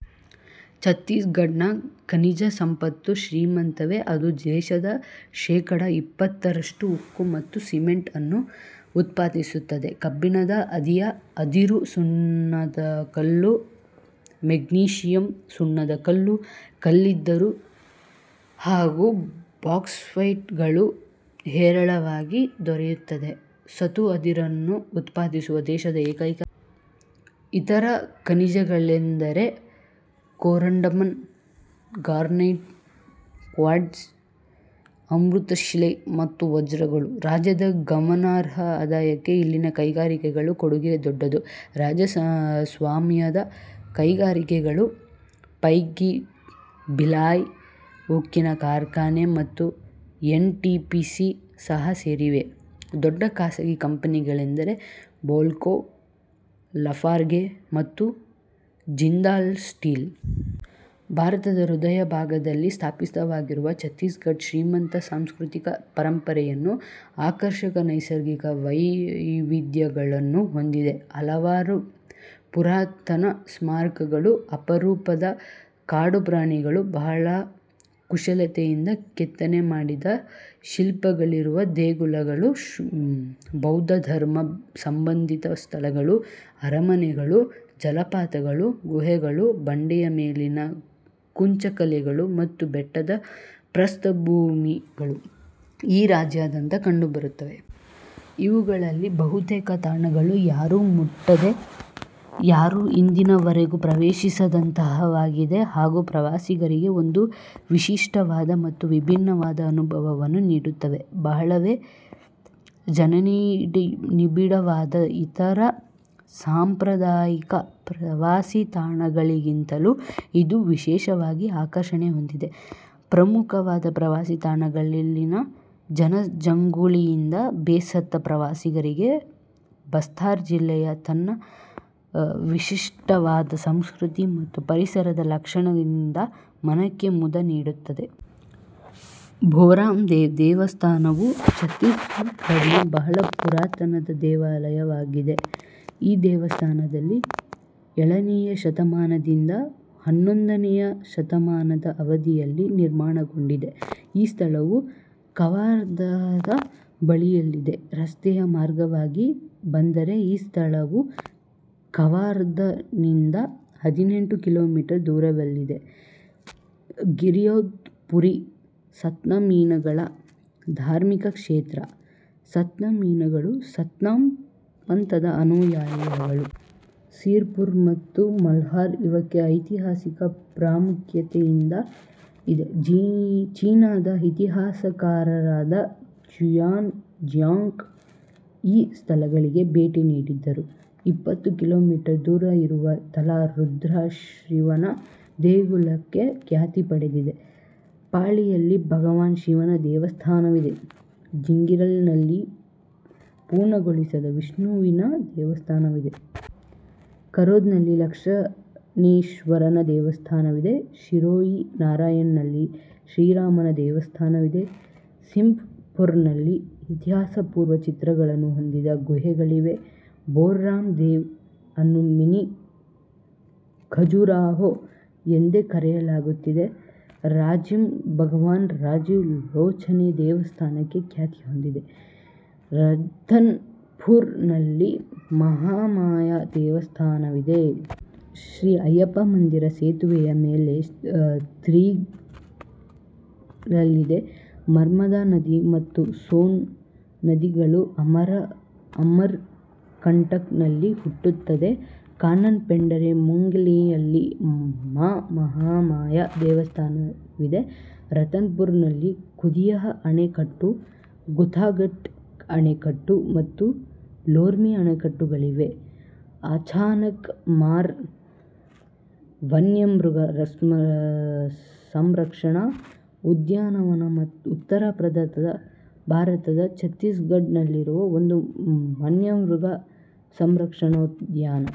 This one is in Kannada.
ಛತ್ತೀಸ್ ಘಡ್ ನ ಖನಿಜ ಸಂಪತ್ತೂ ಶ್ರೀಮಂತವೇ. ಅದು ದೇಶದ ಶೇಖಡ ಇಪ್ಪತ್ತರಷ್ಟು ಉಕ್ಕು ಮತ್ತು ಸಿಮೆಂಟ್ ಅನ್ನು ಉತ್ಪಾದಿಸುತ್ತದೆ. ಕಬ್ಬಿಣದ ಅದಿರು, ಸುಣ್ಣದಕಲ್ಲು, ಮೆಗ್ನೀಶಿಯಮ್ ಸುಣ್ಣದ ಕಲ್ಲು, ಕಲ್ಲಿದ್ದಲು, ಹಾಗೂ ಬಾಕ್ಸೈಟ್ ಗಳು ಹೇರಳವಾಗಿ ದೊರೆಯುತ್ತವೆ. ಸತು ಅದಿರನ್ನು ಉತ್ಪಾದಿಸುವ ದೇಶದ ಏಕೈಕ ರಾಜ್ಯವಿದು. ಇತರ ಖನಿಜಗಳೆಂದರೆ ಕೊರಾಂಡಮ್, ಗಾರ್ನೆಟ್, ಕ್ವಾರ್ಟ್ಝ್, ಅಮೃತಶಿಲೆ ಮತ್ತು ವಜ್ರಗಳು. ರಾಜ್ಯದ ಗಮನಾರ್ಹ ಆದಾಯಕ್ಕೆ ಇಲ್ಲಿನ ಕೈಗಾರಿಕೆಗಳ ಕೊಡುಗೆ ದೊಡ್ಡದು. ರಾಜ್ಯ-ಸ್ವಾಮ್ಯದ ಕೈಗಾರಿಕೆಗಳ ಪೈಕಿ ಭಿಲಾಯ್ ಉಕ್ಕಿನ ಕಾರ್ಖಾನೆ ಮತ್ತು ಎನ್. ಟಿ. ಪಿ. ಸಿ. ಸಹ ಸೇರಿವೆ. ದೊಡ್ಡ ಖಾಸಗಿ ಕಂಪನಿಗಳೆಂದರೆ ಬಾಲ್ಕೋ, ಲಾಫಾರ್ಗೆ ಮತ್ತು ಜಿಂದಾಲ್ ಸ್ಟೀಲ್. ಭಾರತದ ಹೃದಯಭಾಗದಲ್ಲಿ ಸ್ಥಾಪಿತವಾಗಿರುವ ಛತ್ತೀಸ್ ಘಡ್ ಶ್ರೀಮಂತ ಸಾಂಸ್ಕೃತಿಕ ಪರಂಪರೆಯನ್ನೂ, ಆಕರ್ಷಕ ನೈಸರ್ಗಿಕ ವೈವಿಧ್ಯಗಳನ್ನೂ ಹೊಂದಿದೆ. ಹಲವಾರು ಪುರಾತನ ಸ್ಮಾರಕಗಳು, ಅಪರೂಪದ ಕಾಡುಪ್ರಾಣಿಗಳು, ಬಹಳ ಕುಶಲತೆಯಿಂದ ಕೆತ್ತನೆ ಮಾಡಿದ ಶಿಲ್ಪಗಳಿರುವ ದೇಗುಲಗಳು, ಬೌದ್ಧ ಧರ್ಮ ಸಂಬಂಧಿತ ಸ್ಥಳಗಳು, ಅರಮನೆಗಳು, ಜಲಪಾತಗಳು, ಗುಹೆಗಳು, ಬಂಡೆಯ ಮೇಲಿನ ಕುಂಚಕಲೆಗಳು ಮತ್ತು ಬೆಟ್ಟದ ಪ್ರಸ್ಥಭೂಮಿಗಳು ಈ ರಾಜ್ಯಾದ್ಯಂತ ಕಂಡುಬರುತ್ತವೆ. ಇವುಗಳಲ್ಲಿ ಬಹುತೇಕ ತಾಣಗಳು ಯಾರೂ ಮಟ್ಟದೆ, ಯಾರೂ ಇಂದಿನವರೆಗೂ ಪ್ರವೇಶಿಸದಂತಹವಾಗಿವೆ ಹಾಗೂ ಪ್ರವಾಸಿಗರಿಗೆ ಒಂದು ವಿಶಿಷ್ಟವಾದ ಮತ್ತು ವಿಭಿನ್ನವಾದ ಅನುಭವವನ್ನು ನೀಡುತ್ತವೆ; ಬಹಳವೇ ಜನನಿಬಿಡವಾದ ಇತರ ಸಾಂಪ್ರದಾಯಿಕ ಪ್ರವಾಸಿ ತಾಣಗಳಿಗಿಂತಲೂ ಇದು ವಿಶೇಷವಾದ ಆಕರ್ಷಣೆ ಹೊಂದಿದೆ. ಪ್ರಮುಖವಾದ ಪ್ರವಾಸಿ ತಾಣಗಳಲ್ಲಿನ ಜನಜಂಗುಳಿಯಿಂದ ಬೇಸತ್ತ ಪ್ರವಾಸಿಗರಿಗೆ ಬಸ್ತಾರ್ ಜಿಲ್ಲೆಯು ತನ್ನ ವಿಶಿಷ್ಟವಾದ ಸಂಸ್ಕೃತಿ ಮತ್ತು ಪರಿಸರದ ಲಕ್ಷಣಗಳಿಂದ ಮನಕ್ಕೆ ಮುದ ನೀಡುತ್ತದೆ. ಭೋರಾಮ್ ದೇವ್ ದೇವಸ್ಥಾನವೂ ಛತ್ತೀಸ್ ಘಡ್ ನ ಬಹಳ ಪುರಾತನ ದೇವಸ್ಥಾನವಾಗಿದೆ. ಈ ದೇವಸ್ಥಾನವು ಏಳನೆಯ ಶತಮಾನದಿಂದ ಹನ್ನೊಂದನೆಯ ಶತಮಾನದ ಅವಧಿಯಲ್ಲಿ ನಿರ್ಮಾಣಗೊಂಡಿತು. ಈ ಸ್ಥಳವು ಕವಾರ್ಧಾದ ಬಳಿಯಲ್ಲಿದೆ. ರಸ್ತೆಯ ಮಾರ್ಗವಾಗಿ ಬಂದರೆ ಈ ಸ್ಥಳವು ಕವಾರ್ಧಾದಿಂದ ಹದಿನೆಂಟು ಕಿಲೋಮೀಟರ್ ದೂರದಲ್ಲಿದೆ. ಗಿರೌಧ್ ಪುರಿ ಸತ್ನಾಮೀಗಳ ಧಾರ್ಮಿಕ ಕ್ಷೇತ್ರ; ಸತ್ನಾಮಿಗಳು ಸತ್ನಾಮ್ ಪಂಥದ ಅನುಯಾಯಿಗಳು. ಸಿರ್ ಪುರ್ ಮತ್ತು ಮಲ್ಹಾರ್ ಇವಕ್ಕೆ ಐತಿಹಾಸಿಕ ಪ್ರಾಮುಖ್ಯತೆಯಿದೆ; ಚೀನಾದ ಇತಿಹಾಸಕಾರರಾದ ಝುಯಾನ್ ಝಾಂಗ್ ಈ ಸ್ಥಳಗಳಿಗೆ ಭೇಟಿ ನೀಡಿದ್ದರು. ಇಪ್ಪತ್ತು ಕಿಲೋಮೀಟರ್ ದೂರ ಇರುವ ತಾಲಾ ರುದ್ರಶಿವನ ದೇಗುಲಕ್ಕೆ ಖ್ಯಾತಿ ಪಡೆದಿದೆ. ಪಾಳಿಯಲ್ಲಿ ಭಗವಾನ್ ಶಿವನ ದೇವಸ್ಥಾನವಿದೆ. ಜಂಜಿಗಿರ್ ನಲ್ಲಿ ಪೂರ್ಣಗೊಳಿಸದ ವಿಷ್ಣುವಿನ ದೇವಸ್ಥಾನವಿದೆ. ಖರೋದ್ ನಲ್ಲಿ ಲಕ್ಷ್ಮಣೇಶ್ವರನ ದೇವಸ್ಥಾನವಿದೆ. ಶಿಯೋರಿ ನಾರಾಯಣ್ ನಲ್ಲಿ ಶ್ರೀರಾಮನ ದೇವಸ್ಥಾನವಿದೆ ಸಿಂಘ್ ಪುರ್ ನಲ್ಲಿ ಇತಿಹಾಸ-ಪೂರ್ವ ಚಿತ್ರಗಳನ್ನು ಹೊಂದಿದ ಗುಹೆಗಳಿವೆ. ಭೋರಾಮ್ ದೇವ್ ಅನ್ನು ಮಿನಿ ಖಜುರಾಹೋ ಎಂದೇ ಕರೆಯಲಾಗುತ್ತದೆ ರಾಜಿಮ್ ಭಗವಾನ್ ರಾಜೀವ ಲೋಚನ ದೇವಸ್ಥಾನಕ್ಕೆ ಖ್ಯಾತಿಹೊಂದಿದೆ. ರತನ್ ಪುರ್ ನಲ್ಲಿ ಮಹಾಮಾಯಾ ದೇವಸ್ಥಾನವಿದೆ. ಶ್ರೀ ಅಯ್ಯಪ್ಪ ಮಂದಿರ ಸೇತುವೆಯ ಮೇಲೆ, ತಿಫ್ರಾದಲ್ಲಿದೆ ನರ್ಮದಾ ನದಿ ಮತ್ತು ಸೋನ್ ನದಿಗಳು ಅಮರ್ ಕಂಟಕ್ ನಲ್ಲಿ ಹುಟ್ಟುತ್ತವೆ ಕಾನನ್ ಪೆಂಡಾರಿ ಮುಂಗೇಲಿಯಲ್ಲಿ ಮಾ ಮಹಾಮಾಯಾ ದೇವಸ್ಥಾನವಿದೆ ರತನ್ ಪುರ್ ನಲ್ಲಿ ಖುದಿಯಾ ಅಣೆಕಟ್ಟು, ಖುತಾಘಾಟ್ ಅಣೆಕಟ್ಟು, ಮತ್ತು ಲೋರ್ಮಿ ಅಣೆಕಟ್ಟುಗಳಿವೆ ಅಚಾನಕ್ ಮಾರ್ ವನ್ಯಮೃಗ ಸಂರಕ್ಷಣಾ ಉದ್ಯಾನವನ ಉತ್ತರ ಭಾರತದ ಛತ್ತೀಸ್ ಘಡ್ ನಲ್ಲಿರುವ ಒಂದು ವನ್ಯಮೃಗ ಸಂರಕ್ಷಣೋದ್ಯಾನ.